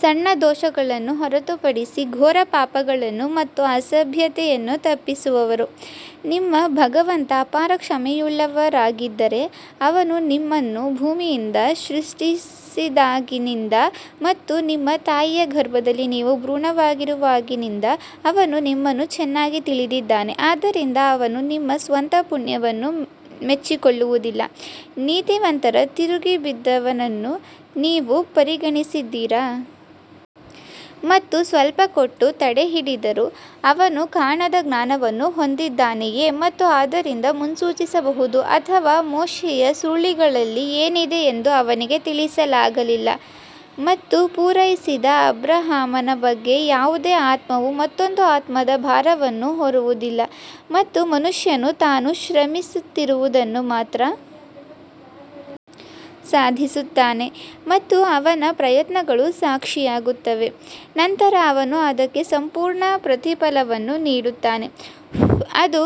ಸಣ್ಣ ದೋಷಗಳನ್ನು ಹೊರತುಪಡಿಸಿ ಘೋರ ಪಾಪಗಳನ್ನು ಮತ್ತು ಅಸಭ್ಯತೆಯನ್ನು ತಪ್ಪಿಸುವವರು ನಿಮ್ಮ ಭಗವಂತ ಅಪಾರ ಕ್ಷಮೆಯುಳ್ಳವರಾಗಿದ್ದಾರೆ, ಅವನು ನಿಮ್ಮನ್ನು ಭೂಮಿಯಿಂದ ಸೃಷ್ಟಿಸಿದಾಗಿನಿಂದ ಮತ್ತು ನಿಮ್ಮ ತಾಯಿಯ ಗರ್ಭದಲ್ಲಿ ನೀವು ಭ್ರೂಣವಾಗಿರುವಾಗಿನಿಂದ ಅವನು ನಿಮ್ಮನ್ನು ಚೆನ್ನಾಗಿ ತಿಳಿದಿದ್ದಾನೆ ಆದ್ದರಿಂದ ಅವನು ನಿಮ್ಮ ಸ್ವಂತ ಪುಣ್ಯವನ್ನು ಮೆಚ್ಚಿಕೊಳ್ಳುವುದಿಲ್ಲ. ನೀತಿವಂತರ ತಿರುಗಿ ಬಿದ್ದವನನ್ನು ನೀವು ಪರಿಗಣಿಸಿದ್ದೀರಾ? ಮತ್ತು ಸ್ವಲ್ಪ ಕೊಟ್ಟು ತಡೆಹಿಡಿದರು ಅವನು ಕಾಣದ ಜ್ಞಾನವನ್ನು ಹೊಂದಿದ್ದಾನೆಯೇ ಮತ್ತು ಆದ್ದರಿಂದ ಮುನ್ಸೂಚಿಸಬಹುದು ಅಥವಾ ಮೋಶೆಯ ಸುರುಳಿಗಳಲ್ಲಿ ಏನಿದೆ ಎಂದು ಅವನಿಗೆ ತಿಳಿಸಲಾಗಿಲ್ಲ ಮತ್ತು ಪೂರೈಸಿದ ಅಬ್ರಹಾಮನ ಬಗ್ಗೆ ಯಾವುದೇ ಆತ್ಮವು ಮತ್ತೊಂದು ಆತ್ಮದ ಭಾರವನ್ನು ಹೊರುವುದಿಲ್ಲ ಮತ್ತು ಮನುಷ್ಯನು ತಾನು ಶ್ರಮಿಸುತ್ತಿರುವುದನ್ನು ಮಾತ್ರ ಸಾಧಿಸುತ್ತಾನೆ ಮತ್ತು ಅವನ ಪ್ರಯತ್ನಗಳು ಸಾಕ್ಷಿಯಾಗುತ್ತವೆ ನಂತರ ಅವನು ಅದಕ್ಕೆ ಸಂಪೂರ್ಣ ಪ್ರತಿಫಲವನ್ನು ನೀಡುತ್ತಾನೆ ಮತ್ತು ಅದು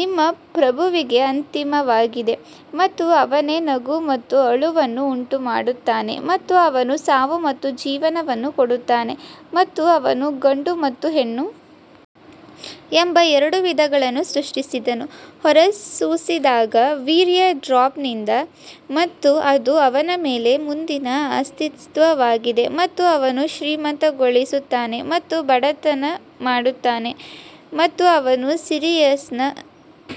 ನಿಮ್ಮ ಪ್ರಭುವಿಗೆ ಅಂತಿಮವಾಗಿದೆ ಮತ್ತು ಅವನೇ ನಗು ಮತ್ತು ಅಳುವನ್ನು ಉಂಟುಮಾಡುತ್ತಾನೆ ಮತ್ತು ಅವನು ಸಾವು ಮತ್ತು ಜೀವನವನ್ನು ಕೊಡುತ್ತಾನೆ ಮತ್ತು ಅವನು ಗಂಡು ಮತ್ತು ಹೆಣ್ಣು ಎಂಬ ಎರಡು ವಿಧಗಳನ್ನು ಸೃಷ್ಟಿಸಿದನು ಹೊರಸೂಸಿದಾಗ ವೀರ್ಯ ಡ್ರಾಪ್ ನಿಂದ ಮತ್ತು ಅದು ಅವನ ಮೇಲೆ ಮುಂದಿನ ಅಸ್ತಿತ್ವವಾಗಿದೆ ಮತ್ತು ಅವನು ಶ್ರೀಮಂತಗೊಳಿಸುತ್ತಾನೆ ಮತ್ತು ಬಡತನ ಮಾಡುತ್ತಾನೆ ಮತ್ತು ಅವನು ಸಿರಿಯಸ್ನ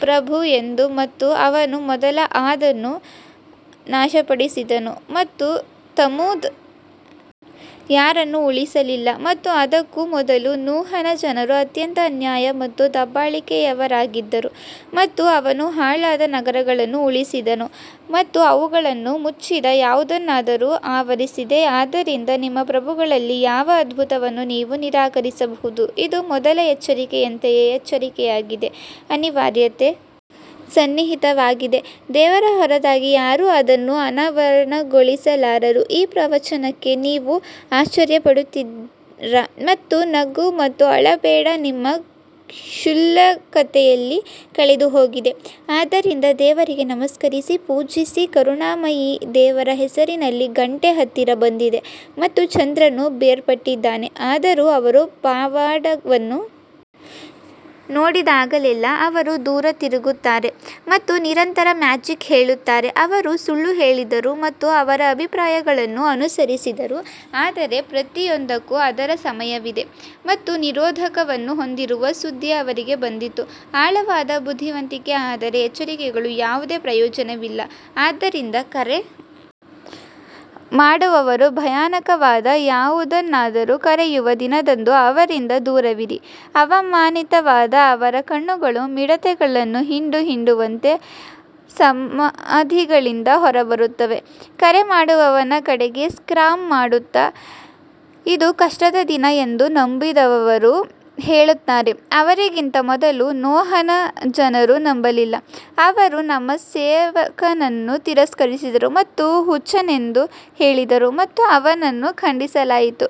ಪ್ರಭು ಎಂದು ಮತ್ತು ಅವನು ಮೊದಲ ಆದ್ ಅನ್ನು ನಾಶಪಡಿಸಿದನು ಮತ್ತು ತಮೂದ್ ಯಾರನ್ನೂ ಉಳಿಸಲಿಲ್ಲ ಮತ್ತು ಅದಕ್ಕೂ ಮೊದಲು ನೂಹನ ಜನರು ಅತ್ಯಂತ ಅನ್ಯಾಯ ಮತ್ತು ದಬ್ಬಾಳಿಕೆಯವರಾಗಿದ್ದರು ಮತ್ತು ಅವನು ಹಾಳಾದ ನಗರಗಳನ್ನು ಉರುಳಿಸಿದನು ಮತ್ತು ಅವುಗಳನ್ನು ಮುಚ್ಚಿದ ಯಾವುದನ್ನಾದರೂ ಆವರಿಸಿದೆ ಆದ್ದರಿಂದ ನಿಮ್ಮ ಪ್ರಭುಗಳಲ್ಲಿ ಯಾವ ಅದ್ಭುತವನ್ನು ನೀವು ನಿರಾಕರಿಸಬಹುದು ಇದು ಮೊದಲ ಎಚ್ಚರಿಕೆಯಂತೆಯೇ ಎಚ್ಚರಿಕೆಯಾಗಿದೆ ಅನಿವಾರ್ಯತೆ ಸನ್ನಿಹಿತವಾಗಿದೆ ದೇವರ ಹೊರತಾಗಿ ಯಾರೂ ಅದನ್ನು ಅನಾವರಣಗೊಳಿಸಲಾರರು ಈ ಪ್ರವಚನಕ್ಕೆ ನೀವು ಆಶ್ಚರ್ಯಪಡುತ್ತೀರಾ ಮತ್ತು ನಗು ಮತ್ತು ಅಳಬೇಡ ನಿಮ್ಮ ಕ್ಷುಲ್ಲಕತೆಯಲ್ಲಿ ಕಳೆದುಹೋಗಿದೆ ಆದ್ದರಿಂದ ದೇವರಿಗೆ ನಮಸ್ಕರಿಸಿ ಪೂಜಿಸಿ ಕರುಣಾಮಯಿ ದೇವರ ಹೆಸರಿನಲ್ಲಿ ಗಂಟೆ ಹತ್ತಿರ ಬಂದಿದೆ ಮತ್ತು ಚಂದ್ರನು ಬೇರ್ಪಟ್ಟಿದ್ದಾನೆ ಆದರೂ ಅವರು ಪವಾಡವನ್ನು ನೋಡಿದಾಗಲೆಲ್ಲಾ ಅವರು ದೂರ ತಿರುಗುತ್ತಾರೆ ಮತ್ತು ನಿರಂತರ ಮ್ಯಾಜಿಕ್ ಹೇಳುತ್ತಾರೆ ಅವರು ಸುಳ್ಳು ಹೇಳಿದರು ಮತ್ತು ಅವರ ಅಭಿಪ್ರಾಯಗಳನ್ನು ಅನುಸರಿಸಿದರು ಆದರೆ ಪ್ರತಿಯೊಂದಕ್ಕೂ ಅದರ ಸಮಯವಿದೆ ಮತ್ತು ನಿರೋಧಕವನ್ನು ಹೊಂದಿರುವ ಸುದ್ದಿ ಅವರಿಗೆ ಬಂದಿತು ಆಳವಾದ ಬುದ್ಧಿವಂತಿಕೆ ಆದರೆ ಎಚ್ಚರಿಕೆಗಳು ಯಾವುದೇ ಪ್ರಯೋಜನವಿಲ್ಲ ಆದ್ದರಿಂದ ಕರೆ ಮಾಡುವವರು ಭಯಾನಕವಾದ ಯಾವುದನ್ನಾದರೂ ಕರೆಯುವ ದಿನದಂದು ಅವರಿಂದ ದೂರವಿರಿ ಅವಮಾನಿತವಾದ ಅವರ ಕಣ್ಣುಗಳು ಮಿಡತೆಗಳನ್ನು ಹಿಂಡು ಹಿಂಡುವಂತೆ ಸಮಾಧಿಗಳಿಂದ ಹೊರಬರುತ್ತವೆ ಕರೆ ಮಾಡುವವನ ಕಡೆಗೆ ಸ್ಕ್ರಾಂಬ್ ಮಾಡುತ್ತಾ, ಇದು ಕಷ್ಟದ ದಿನ ಎಂದು ನಂಬದಿರುವವರು ಹೇಳುತ್ತಾರೆ ಅವರಿಗಿಂತ ಮೊದಲು ನೋಹನ ಜನರು ನಂಬಲಿಲ್ಲ, ಅವರು ನಮ್ಮ ಸೇವಕನನ್ನು ತಿರಸ್ಕರಿಸಿದರು ಮತ್ತು ಹುಚ್ಚನೆಂದು ಹೇಳಿದರು ಮತ್ತು ಅವನನ್ನು ಖಂಡಿಸಲಾಯಿತು.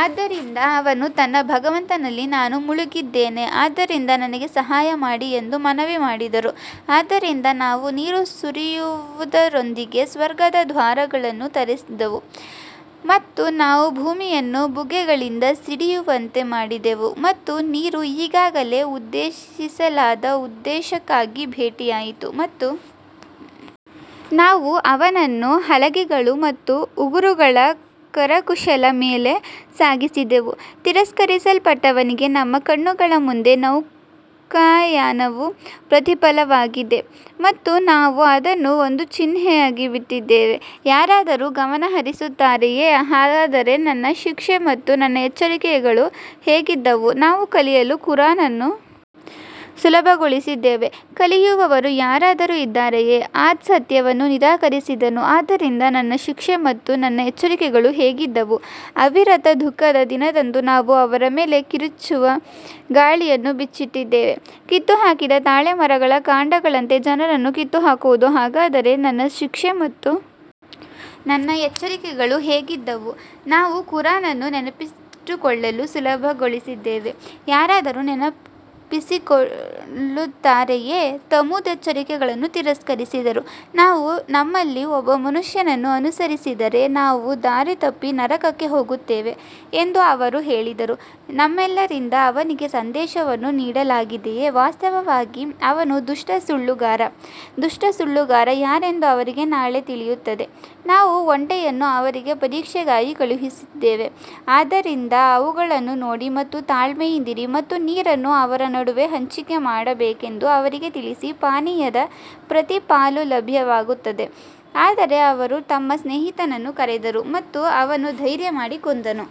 ಆದ್ದರಿಂದ ಅವನು ತನ್ನ ಭಗವಂತನಲ್ಲಿ ನಾನು ಮುಳುಗಿದ್ದೇನೆ ಆದ್ದರಿಂದ ನನಗೆ ಸಹಾಯ ಮಾಡಿ ಎಂದು ಮನವಿ ಮಾಡಿದರು ಆದ್ದರಿಂದ ನಾವು ನೀರು ಸುರಿಯುವುದರೊಂದಿಗೆ ಸ್ವರ್ಗದ ದ್ವಾರಗಳನ್ನು ತೆರೆದೆವು ಮತ್ತು ನಾವು ಭೂಮಿಯನ್ನು ಬುಗ್ಗೆಗಳಿಂದ ಸಿಡಿಯುವಂತೆ ಮಾಡಿದೆವು ಮತ್ತು ನೀರು ಈಗಾಗಲೇ ಉದ್ದೇಶಿಸಲಾದ ಉದ್ದೇಶಕ್ಕಾಗಿ ಭೇಟಿಯಾಯಿತು ಮತ್ತು ನಾವು ಅವನನ್ನು ಹಲಗೆಗಳು ಮತ್ತು ಉಗುರುಗಳ ಕರಕುಶಲ ಮೇಲೆ ಸಾಗಿಸಿದೆವು ತಿರಸ್ಕರಿಸಲ್ಪಟ್ಟವನಿಗೆ ನಮ್ಮ ಕಣ್ಣುಗಳ ಮುಂದೆ ನೌಕಾಯಾನವು ಪ್ರತಿಫಲವಾಗಿದೆ ಮತ್ತು ನಾವು ಅದನ್ನು ಒಂದು ಚಿಹ್ನೆಯಾಗಿ ಬಿಟ್ಟಿದ್ದೇವೆ, ಯಾರಾದರೂ ಗಮನಹರಿಸುತ್ತಾರೆಯೇ ಹಾಗಾದರೆ ನನ್ನ ಶಿಕ್ಷೆ ಮತ್ತು ನನ್ನ ಎಚ್ಚರಿಕೆಗಳು ಹೇಗಿದ್ದವು ನಾವು ಕಲಿಯಲು ಕುರಾನ್ ಅನ್ನು ಸುಲಭಗೊಳಿಸಿದ್ದೇವೆ ಕಲಿಯುವವರು ಯಾರಾದರೂ ಇದ್ದಾರೆಯೇ ಆದ್ ಸತ್ಯವನ್ನು ನಿರಾಕರಿಸಿದನು ಆದ್ದರಿಂದ ನನ್ನ ಶಿಕ್ಷೆ ಮತ್ತು ನನ್ನ ಎಚ್ಚರಿಕೆಗಳು ಹೇಗಿದ್ದವು ಅವಿರತ ದುಃಖದ ದಿನದಂದು ನಾವು ಅವರ ಮೇಲೆ ಕಿರುಚುವ ಗಾಳಿಯನ್ನು ಬಿಚ್ಚಿಟ್ಟಿದ್ದೇವೆ ಕಿತ್ತುಹಾಕಿದ ತಾಳೆ ಮರಗಳ ಕಾಂಡಗಳಂತೆ ಜನರನ್ನು ಕಿತ್ತುಹಾಕುವುದು ಹಾಗಾದರೆ ನನ್ನ ಶಿಕ್ಷೆ ಮತ್ತು ನನ್ನ ಎಚ್ಚರಿಕೆಗಳು ಹೇಗಿದ್ದವು ನಾವು ಕುರಾನ್ ಅನ್ನು ನೆನಪಿಟ್ಟುಕೊಳ್ಳಲು ಸುಲಭಗೊಳಿಸಿದ್ದೇವೆ ಯಾರಾದರೂ ನೆನಪಿಸಿಕೊಳ್ಳುತ್ತಾರೆಯೇ ತಮೂದ್ ಎಚ್ಚರಿಕೆಗಳನ್ನು ತಿರಸ್ಕರಿಸಿದರು ನಾವು ನಮ್ಮಲ್ಲಿ ಒಬ್ಬ ಮನುಷ್ಯನನ್ನು ಅನುಸರಿಸಿದರೆ ನಾವು ದಾರಿ ತಪ್ಪಿ ನರಕಕ್ಕೆ ಹೋಗುತ್ತೇವೆ ಎಂದು ಅವರು ಹೇಳಿದರು ನಮ್ಮೆಲ್ಲರಿಂದ ಅವನಿಗೆ ಸಂದೇಶವನ್ನು ನೀಡಲಾಗಿದೆಯೇ ವಾಸ್ತವವಾಗಿ ಅವನು ದುಷ್ಟ ಸುಳ್ಳುಗಾರ ದುಷ್ಟ ಸುಳ್ಳುಗಾರ ಯಾರೆಂದು ಅವರಿಗೆ ನಾಳೆ ತಿಳಿಯುತ್ತದೆ ನಾವು ಒಂಟೆಯನ್ನು ಅವರಿಗೆ ಪರೀಕ್ಷೆಗಾಗಿ ಕಳುಹಿಸುತ್ತಿದ್ದೇವೆ ಆದ್ದರಿಂದ ಅವುಗಳನ್ನು ನೋಡಿ ಮತ್ತು ತಾಳ್ಮೆಯಿಂದಿರಿ ಮತ್ತು ನೀರನ್ನು ಅವರ ನಡುವೆ ಹಂಚಿಕೆ ಮಾಡಬೇಕೆಂದು ಅವರಿಗೆ ತಿಳಿಸಿ, ಪಾನೀಯದ ಪ್ರತಿ ಪಾಲು ಲಭ್ಯವಾಗುತ್ತದೆ ಆದರೆ ಅವರು ತಮ್ಮ ಸ್ನೇಹಿತನನ್ನು ಕರೆದರು ಮತ್ತು ಅವನು ಧೈರ್ಯಮಾಡಿ ಕೊಂದನು.